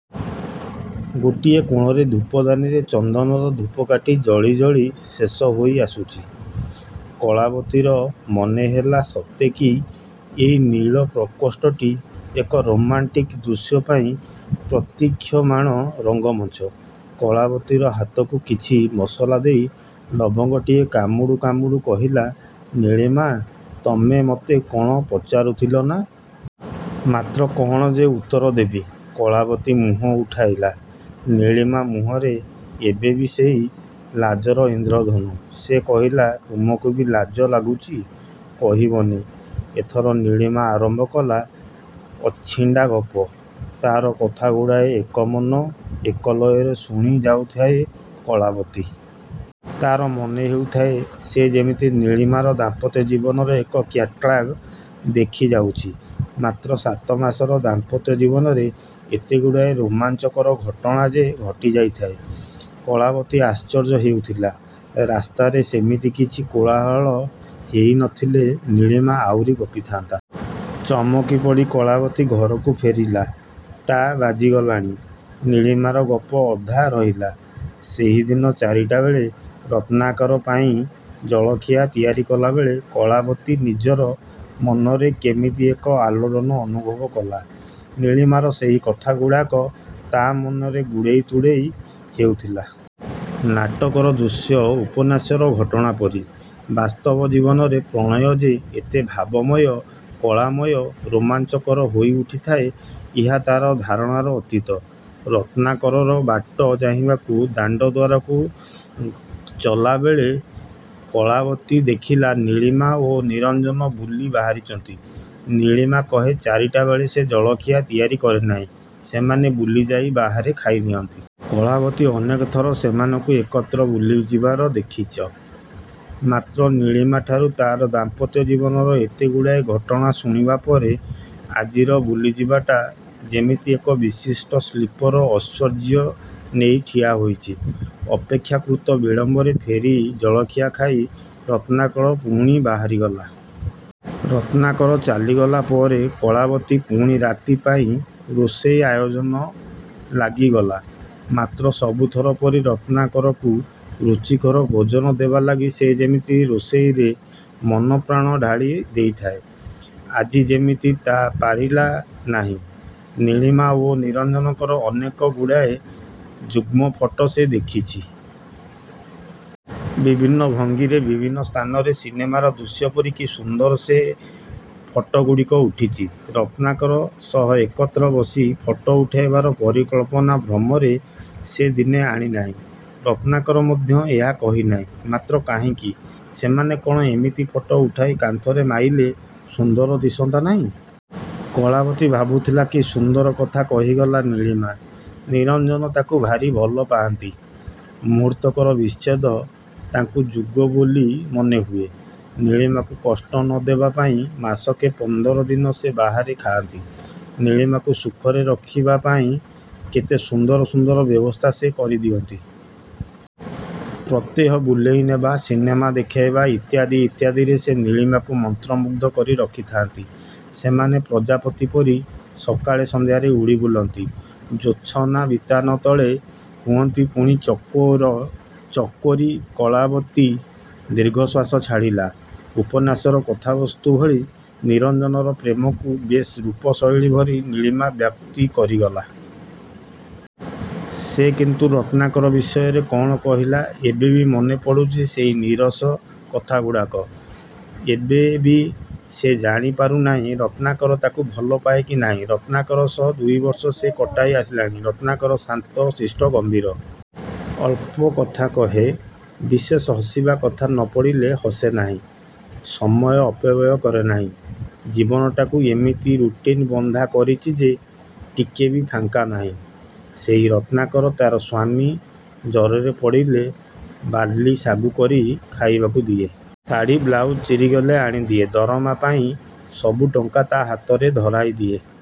ଗୋଟିଏ କୋଣରେ ଧୂପଦାନୀରେ, ଚନ୍ଦନର ଧୂପକାଠି ଜଳିଜଳି ଶେଷ ହୋଇ ଆସୁଚି। କଳାବତୀର ମନେହେଲା ସତେକି ଏଇ ନୀଳ ପ୍ରକୋଷ୍ଠଟି ଏକ ରୋମାଣ୍ଟିକ୍ ଦୃଶ୍ୟ ପାଇଁ ପ୍ରତୀକ୍ଷମାଣ ରଙ୍ଗମଞ୍ଚ। କଳାବତୀର ହାତକୁ କିଛି ମସଲା ଦେଇ, ଲବଙ୍ଗଟିଏ କାମୁଡ଼ୁ କାମୁଡ଼ୁ କହିଲା ନୀଳିମା–ତମେ ମତେ କ'ଣ ପଚାରୁଥିଲ ନା? ମାତ୍ର କ'ଣ ଯେ ଉତ୍ତର ଦେବି। କଳାବତୀ ମୁହଁ ଉଠାଇଲା–! ନୀଳିମା ମୁହଁରେ ଏବେ ବି ସେଇ ଲାଜର ଇନ୍ଦ୍ରଧନୁ। ସେ କହିଲା–ତମକୁ ବି ଲାଜ ଲାଗୁଚି! କହିବନି? ଏଥର ନୀଳିମା ଆରମ୍ଭ କଲା ଅଛିଣ୍ଡାଗପ…। ତା'ର କଥାଗୁଡ଼ାକ ଏକମନ, ଏକଲୟରେ ଶୁଣି ଯାଉଥାଏ କଳାବତୀ। ତାର ମନେ ହେଉଥାଏ ସେ ଯେମିତି ନିଳୀମାର ଦାମ୍ପତ୍ୟ ଜୀବନର ଏକ କ୍ୟାଟ୍ଲାଗ ଦେଖି ଯାଉଚି। ମାତ୍ର ସାତମାସର ଦାମ୍ପତ୍ୟ ଜୀବନରେ ଏତେଗୁଡ଼ାଏ ରୋମାଂଚକର ଘଟଣା ଯେ' ଘଟିଯାଇଥାଏ, କଳାବତୀ ଆଶ୍ଚର୍ଯ୍ୟ ହେଉଥିଲା। ରାସ୍ତାରେ ସେମିତି କିଛି କୋଳାହଳ ହେଇ ନ ଥିଲେ ନୀଳିମା ଆହୁରି ଗପିଥାନ୍ତା। ଚମକି ପଡ଼ି କଳାବତୀ ଘରକୁ ଫେରିଲା! ଟା ବାଜିଗଲାଣି। ନୀଳିମାର ଗପ ଅଧା ରହିଲା– ସେହିଦିନ ଚାରିଟା ବେଳେ, ରତ୍ନାକର ପାଇଁ ଜଳଖିଆ ତିଆରି କଲାବେଳେ, କଳାବତୀ ନିଜର ମନରେ କେମିତି ଏକ ଆଲୋଡ଼ନ ଅନୁଭବ କଲା। ନୀଳିମାର ସେହି କଥାଗୁଡ଼ାକ, ତା' ମନରେ ଗୁରେଇ ତୁରେଇ ହେଉଥିଲା। ନାଟକର ଦୃଶ୍ୟ, ଉପନ୍ୟାସର ଘଟଣା ପରି, ବାସ୍ତବ ଜୀବନରେ ପ୍ରଣୟ ଯେ ଏତେ ଭାବମୟ, କଳାମୟ, ରୋମାଞ୍ଚକର ହୋଇ ଉଠିଥାଏ ଏହା ତାର ଧାରଣାର ଅତୀତ। ରତ୍ନାକରର ବାଟ ଚାହିଁବାକୁ ଦାଣ୍ଡଦ୍ୱାରକୁ ଚଲାବେଳେ କଳାବତୀ ଦେଖିଲା, ନୀଳିମା ଓ ନିରଞ୍ଜନ ବୁଲି ବାହାରିଚନ୍ତି। ନୀଳିମା କହେ ଚାରିଟା ବେଳେ ସେ ଜଳଖିଆ ତିଆରି କରେ ନାହିଁ, ସେମାନେ ବୁଲିଯାଇ ବାହାରେ ଖାଇ ନିଅନ୍ତି। କଳାବତୀ ଅନେକ ଥର ସେମାନଙ୍କୁ ଏକତ୍ର ବୁଲିଯିବାର ଦେଖିଚ। ମାତ୍ର ନୀଳିମାଠାରୁ ତାର ଦାମ୍ପତ୍ୟ ଜୀବନର ଏତେଗୁଡ଼ାଏ ଘଟଣା ଶୁଣିବା ପରେ, ଆଜିର ବୁଲିଯିବାଟା ଯେମିତି ଏକ ବିଶିଷ୍ଟ ଶିଳ୍ପର ଐଶ୍ୱର୍ଯ୍ୟ ନେଇ ଠିଆ ହୋଇଚି। ଅପେକ୍ଷାକୃତ ବିଳମ୍ବରେ ଫେରି ଜଳଖିଆ ଖାଇ, ରତ୍ନାକର ପୁଣି ବାହାରିଗଲା। ରତ୍ନାକର ଚାଲିଗଲା ପରେ କଳାବତୀ ପୁଣି ରାତି ପାଇଁ ରୋଷେଇ ଆୟୋଜନ ଲାଗିଗଲା। ମାତ୍ର ସବୁ ଥର ପରି ରତ୍ନାକରକୁ ରୁଚିକର ଭୋଜନ ଦେବା ଲାଗି ସେ ଯେମିତି ରୋଷେଇରେ ମନପ୍ରାଣ ଢାଳି ଦେଇଥାଏ, ଆଜି ଯେମିତି ତା' ପାରିଲା ନାହିଁ। ନୀଳିମା ଓ ନିରଞ୍ଜନଙ୍କର ଅନେକଗୁଡ଼ାଏ ଯୁଗ୍ମଫଟ ସେ ଦେଖିଚି। ବିଭିନ୍ନ ଭଙ୍ଗୀରେ, ବିଭିନ୍ନ ସ୍ଥାନରେ। ସିନେମାର ଦୃଶ୍ୟପରି କି ସୁନ୍ଦର ସେ ଫଟଗୁଡ଼ିକ ଉଠିଚି। ରତ୍ନାକର ସହ ଏକତ୍ର ବସି ଫଟ ଉଠାଇବାର ପରିକଳ୍ପନା ଭ୍ରମରେ ସେ ଦିନେ ଆଣି ନାହିଁ। ରତ୍ନାକର ମଧ୍ୟ ଏହା କହିନାହିଁ। ମାତ୍ର କାହିଁକି? ସେମାନେ କ'ଣ ଏମିତି ଫଟ ଉଠାଇ କାନ୍ଥରେ ମାଇଲେ ସୁନ୍ଦର ଦିଶନ୍ତା ନାହିଁ? କଳାବତୀ ଭାବୁଥିଲା–କି ସୁନ୍ଦର କଥା କହିଗଲା ନୀଳିମା–ନିରଞ୍ଜନ ତାକୁ ଭାରି ଭଲ ପାଆନ୍ତି। ମୁହୂର୍ତ୍ତକର ବିଚ୍ଛେଦ ତାଙ୍କୁ ଯୁଗ ବୋଲି ମନେହୁଏ। ନୀଳିମାକୁ କଷ୍ଟ ନ ଦେବା ପାଇଁ ମାସକେ ପନ୍ଦର ଦିନ ସେ ବାହାରେ ଖାଆନ୍ତି। ନୀଳିମାକୁ ସୁଖରେ ରଖିବା ପାଇଁ କେତେ ସୁନ୍ଦର ସୁନ୍ଦର ବ୍ୟବସ୍ଥା ସେ କରି ଦିଅନ୍ତି। ପ୍ରତ୍ୟେହ ବୁଲେଇ ନେବା, ସିନେମା ଦେଖାଇବା, ଇତ୍ୟାଦି ଇତ୍ୟାଦିରେ ସେ ନୀଳିମାକୁ ମନ୍ତ୍ର ମୁଗ୍ଧ କରି ରଖିଥାନ୍ତି। ସେମାନେ ପ୍ରଜାପତିପରି ସକାଳେ ସନ୍ଧ୍ୟାରେ ଉଡ଼ି ବୁଲନ୍ତି। ଜୋଛନା ବିତାନ ତଳେ ହୁଅନ୍ତି ପୁଣି ଚକୋର, ଚକୋରୀ। କଳାବତୀ ଦୀର୍ଘଶ୍ଵାସ ଛାଡ଼ିଲା। ଉପନ୍ୟାସର କଥାବସ୍ତୁ ଭଳି ନିରଞ୍ଜନର ପ୍ରେମକୁ ବେଶ ରୂପ ଶୈଳୀ ଭରି ନୀଳିମା ବ୍ୟକ୍ତି କରିଗଲା। ସେ କିନ୍ତୁ ରତ୍ନାକର ବିଷୟରେ କ'ଣ କହିଲା-? ଏବେ ବି ମନେ ପଡ଼ୁଚି ସେଇ ନୀରସ କଥାଗୁଡ଼ାକ। ଏବେ ବି ସେ ଜାଣି ପାରୁନାହିଁ ରତ୍ନାକର ତାକୁ ଭଲପାଏ କି ନାହିଁ, ରତ୍ନାକର ସହ ଦୁଇବର୍ଷ ସେ କଟାଇ ଆସିଲାଣି। ରତ୍ନାକର ଶାନ୍ତ, ଶିଷ୍ଟ, ଗମ୍ଭୀର। ଅଳ୍ପକଥା କହେ। ବିଶେଷ ହସିବା କଥା ନ ପଡ଼ିଲେ ହସେ ନାହିଁ। ସମୟ ଅପବ୍ୟୟ କରେ ନାହିଁ। ଜୀବନଟାକୁ ଏମିତି ରୁଟିନ ବନ୍ଧା କରିଚି ଯେ, ଟିକେ ବି ଫାଙ୍କ ନାହିଁ। ସେଇ ରତ୍ନାକର ତାର ସ୍ୱାମୀ। ଜରରେ ପଡ଼ିଲେ ବାର୍ଲିସାଗୁ କରି ଖାଇବାକୁ ଦିଏ। ଶାଢ଼ି ବ୍ଲାଉଜ ଚିରି ଗଲେ ଆଣିଦିଏ। ଦରମା ପାଇଁ ସବୁଟଙ୍କା ତା' ହାତରେ ଧରାଇଦିଏ।